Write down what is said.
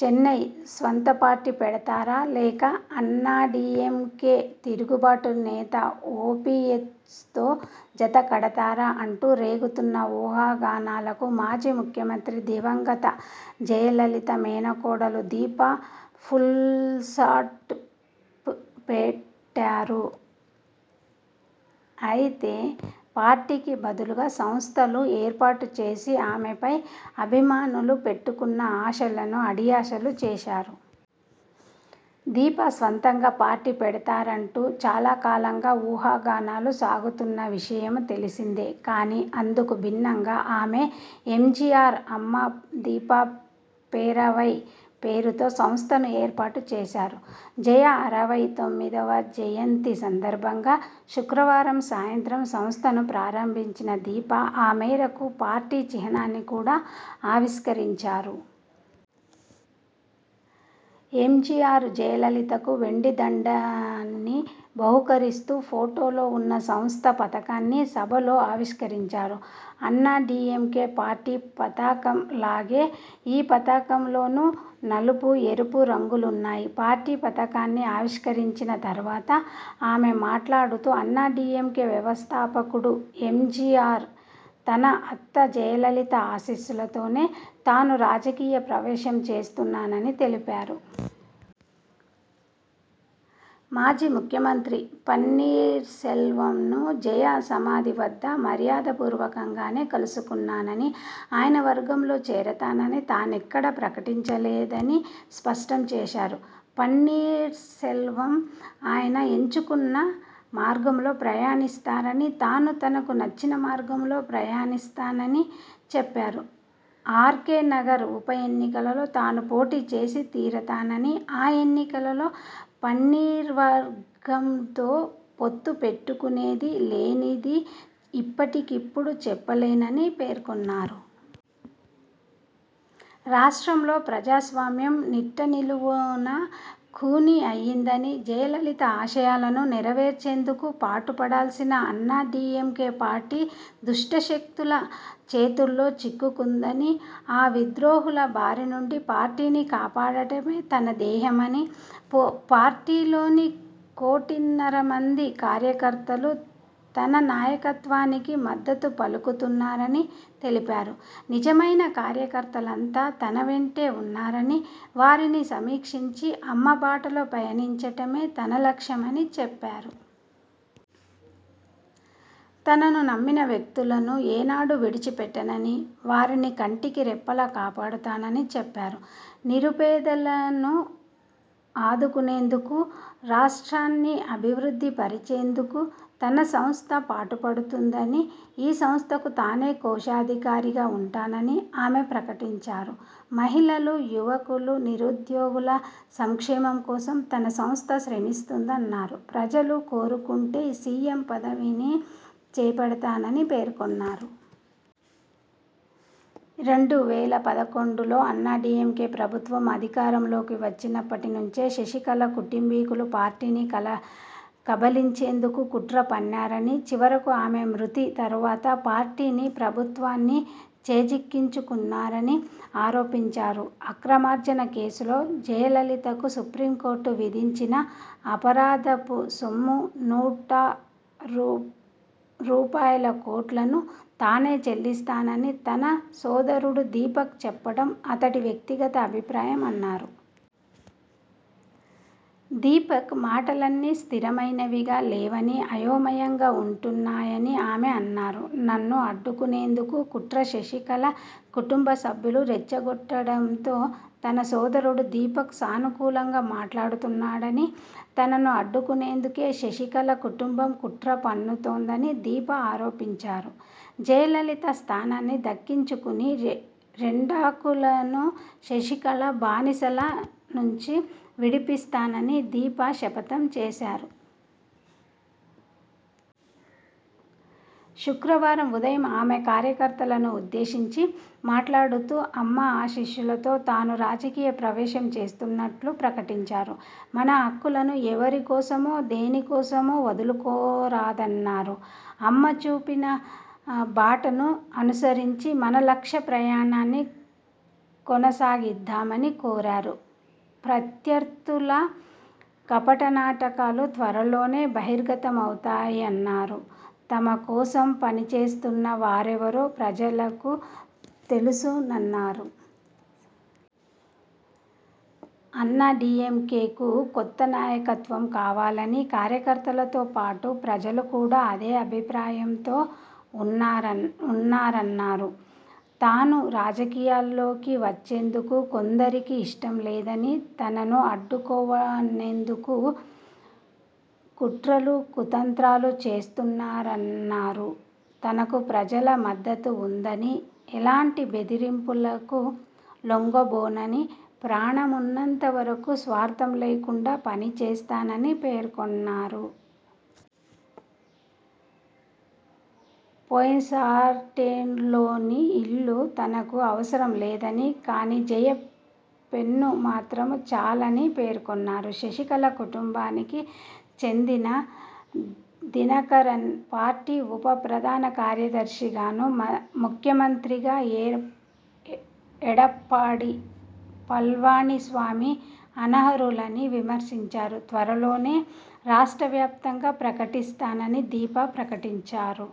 చెన్నై స్వంత పార్టీ పెడతారా, లేక అన్నాడీఎంకే తిరుగుబాటు నేత ఓపీఎస్తో జత కడతారా అంటూ రేగుతున్న ఊహాగానాలకు మాజీ ముఖ్యమంత్రి దివంగత జయలలిత మేనకోడలు దీప ఫుల్స్టాప్ పెట్టారు. అయితే పార్టీకి బదులుగా సంస్థను ఏర్పాటు చేసి ఆమెపై అభిమానులు పెట్టుకున్న ఆశలను అడియాశలు చేశారు. దీప స్వంతంగా పార్టీ పెడతారంటూ చాలాకాలంగా ఊహాగానాలు సాగుతున్న విషయం తెలిసిందే. కానీ అందుకు భిన్నంగా ఆమె 'ఎంజీఆర్ అమ్మా దీపా పేరవై' పేరుతో సంస్థను ఏర్పాటు చేశారు. జయ అరవై తొమ్మిదివ జయంతి సందర్భంగా శుక్రవారం సాయంత్రం సంస్థను ప్రారంభించిన దీప.. ఆ మేరకు పార్టీ చిహ్నాన్ని కూడా ఆవిష్కరించారు. ఎంజీఆర్ జయలలితకు వెండి దండాన్ని బహూకరిస్తున్న ఫోటో ఉన్న సంస్థ పతాకాన్ని సభలో ఆవిష్కరించారు. అన్నాడీఎంకే పార్టీ పతాకం లాగే ఈ పతాకంలోనూ నలుపు, ఎరుపు రంగులున్నాయి. పార్టీ పతాకాన్ని ఆవిష్కరించిన తర్వాత ఆమె మాట్లాడుతూఅన్నాడీఎంకే వ్యవస్థాపకుడు ఎంజీఆర్, తన అత్త జయలలిత ఆశీస్సులతోనే తాను రాజకీయప్రవేశం చేస్తున్నానని తెలిపారు. మాజీ ముఖ్యమంత్రి పన్నీర్సెల్వంను జయ సమాధి వద్ద మర్యాదపూర్వకంగానే కలుసుకున్నానని, ఆయన వర్గంలో చేరతానని తానెక్కడా ప్రకటించలేదని స్పష్టం చేశారు. పన్నీర్సెల్వం ఆయన ఎంచుకున్న మార్గంలో ప్రయాణిస్తారని, తాను తనకు నచ్చిన మార్గంలో పయనిస్తానని చెప్పారు. ఆర్కే నగర్ ఉప ఎన్నికలో తాను పోటీ చేసి తీరుతానని, ఆ ఎన్నికలో పన్నీర్వర్గంతో పొత్తుపెట్టుకునేదీ లేనిదీ ఇప్పటికిప్పుడు చెప్పలేనని పేర్కొన్నారు. రాష్ట్రంలో ప్రజాస్వామ్యం నిట్టనిలువునా ఖూనీ అయిందని, జయలలిత ఆశయాలను నెరవేర్చేందుకు పాటుపడాల్సిన అన్నాడీఎంకే పార్టీ దుష్టశక్తుల చేతుల్లోచిక్కుకుందని, ఆ విద్రోహుల బారి నుండి పార్టీని కాపాడటమే తన ధ్యేయమని, పార్టీలోని కోటిన్నరమంది కార్యకర్తలు తన నాయకత్వానికి మద్ధతు పలుకుతున్నారని తెలిపారు. నిజమైన కార్యకర్తలంతా తన వెంటే ఉన్నారని, వారిని సమీకరించి అమ్మ బాటలో పయనించడమే తన లక్ష్యమని చెప్పారు. తనను నమ్మిన వ్యక్తులను ఏనాడు విడిచిపెట్టననని, వారిని కంటికిరెప్పలా కాపాడతానని చెప్పారు. నిరుపేదలను ఆదుకునేందుకు, రాషా్ట్రన్ని అభివృద్ధిప రచేందుకు తన సంస్థ పాటుపడుతుందని, ఈ సంస్థకు తానే కోశాధికారిగా ఉంటానని ఆమె ప్రకటించారు. మహిళలు, యువకులు, నిరుద్యోగుల సంక్షేమం కోసం తన సంస్థ శ్రమిస్తుందన్నారు. ప్రజలు కోరుకుంటే సీఎం పదవిని చేపడతానని పేర్కొన్నారు. రెండు వేల పదకొండులో అన్నాడీఎంకే ప్రభుత్వం అధికారంలోకి వచ్చినప్పటినుంచే శశికళ కుటుంబీకులు పార్టీని కబళించేందుకు కుట్ర పన్నారని, చివరకు ఆమె మృతి తర్వాత పార్టీని, ప్రభుత్వాన్ని చేజిక్కించుకున్నారని ఆరోపించారు. అక్రమార్జన కేసులో జయ లలితకు సుప్రీంకోర్టు విధించిన అపరాధపు సొమ్ము నూట రూపాయలుకోట్లను తానే చెల్లిస్తానని తన సోదరుడు దీపక్ చెప్పడం అతడి వ్యక్తిగత అభిప్రాయమన్నారు. దీపక్ మాటలన్నీ స్థిరమైనవిగా లేవని అయోమయంగా ఉంటున్నాయని ఆమె అన్నారు. నన్ను అడ్డుకునేందుకు కుట్రశశికళ కుటుంబ సభ్యులు రెచ్చగొట్టడంతో తన సోదరుడు దీపక్ సానుకులంగా మాట్లాడుతున్నాడని, తనను అడ్డుకునేందుకే శశికళ కుటుంబం కుట్ర పన్నుతోందని దీప ఆరోపించారు. జయలలిత స్థానాన్ని దక్కించుకుని రెండాకులను శశికళ బానిసల నుంచి విడిపిస్తానని దీప శపథం చేశారు. శుక్రవారం ఉదయం ఆమె కార్యకర్తలను ఉద్దేశించి మాట్లాడుతూఅమ్మ ఆశీస్సులతో తాను రాజకీయ ప్రవేశం చేస్తున్నట్లు ప్రకటించారు. మన హక్కులను ఎవరి కోసమో, దేని కోసమో వదులుకోరాదన్నారు. అమ్మ చూపించిన బాటను అనుసరించి మన లక్ష్య ప్రయాణాన్ని కొనసాగిద్దామని కోరారు. ప్రత్యర్థుల కపటనాటకాలు త్వరలోనే బహిర్గతమవుతాయన్నారు. తమ కోసం పనిచేస్తున్నవారెవరో ప్రజలకు తెలుసన్నారు. అన్నాడీఎంకేకు కొత్త నాయకత్వం కావాలని, కార్యకర్తలతో పాటు ప్రజలు కూడా అదే అభిప్రాయంతో వున్నారన్నారు. తాను రాజకీయాల్లోకి వచ్చేందుకు కొందరికి ఇష్టం లేదని, తనను అడ్డుకొనేందుకు కుట్రలు, కుతంత్రాలు చేస్తున్నారన్నారు. తనకు ప్రజల మద్దతు ఉందని, ఎలాంటి బెదిరింపులకు లొంగబోనని, ప్రాణమున్నంత వరకు స్వార్థం లేకుండా పనిచేస్తానని పేర్కొన్నారు. పోయ్స్గార్టెన్లోని ఇల్లు తనకు అవసరం లేదని, కానీ జయ పెన్ను మాత్రం చాలని పేర్కొన్నారు. శశికళ కుటుంబానికి చెందిన దినకరన్ పార్టీ ఉప ప్రధానకార్యదర్శిగాను, ముఖ్యమంత్రిగా ఎడప్పాడి పళనిస్వామి అనర్హులని విమర్శించారు. త్వరలోనే రాష్ట్ర వ్యాప్తంగా పర్యటిస్తానని దీప ప్రకటించారు.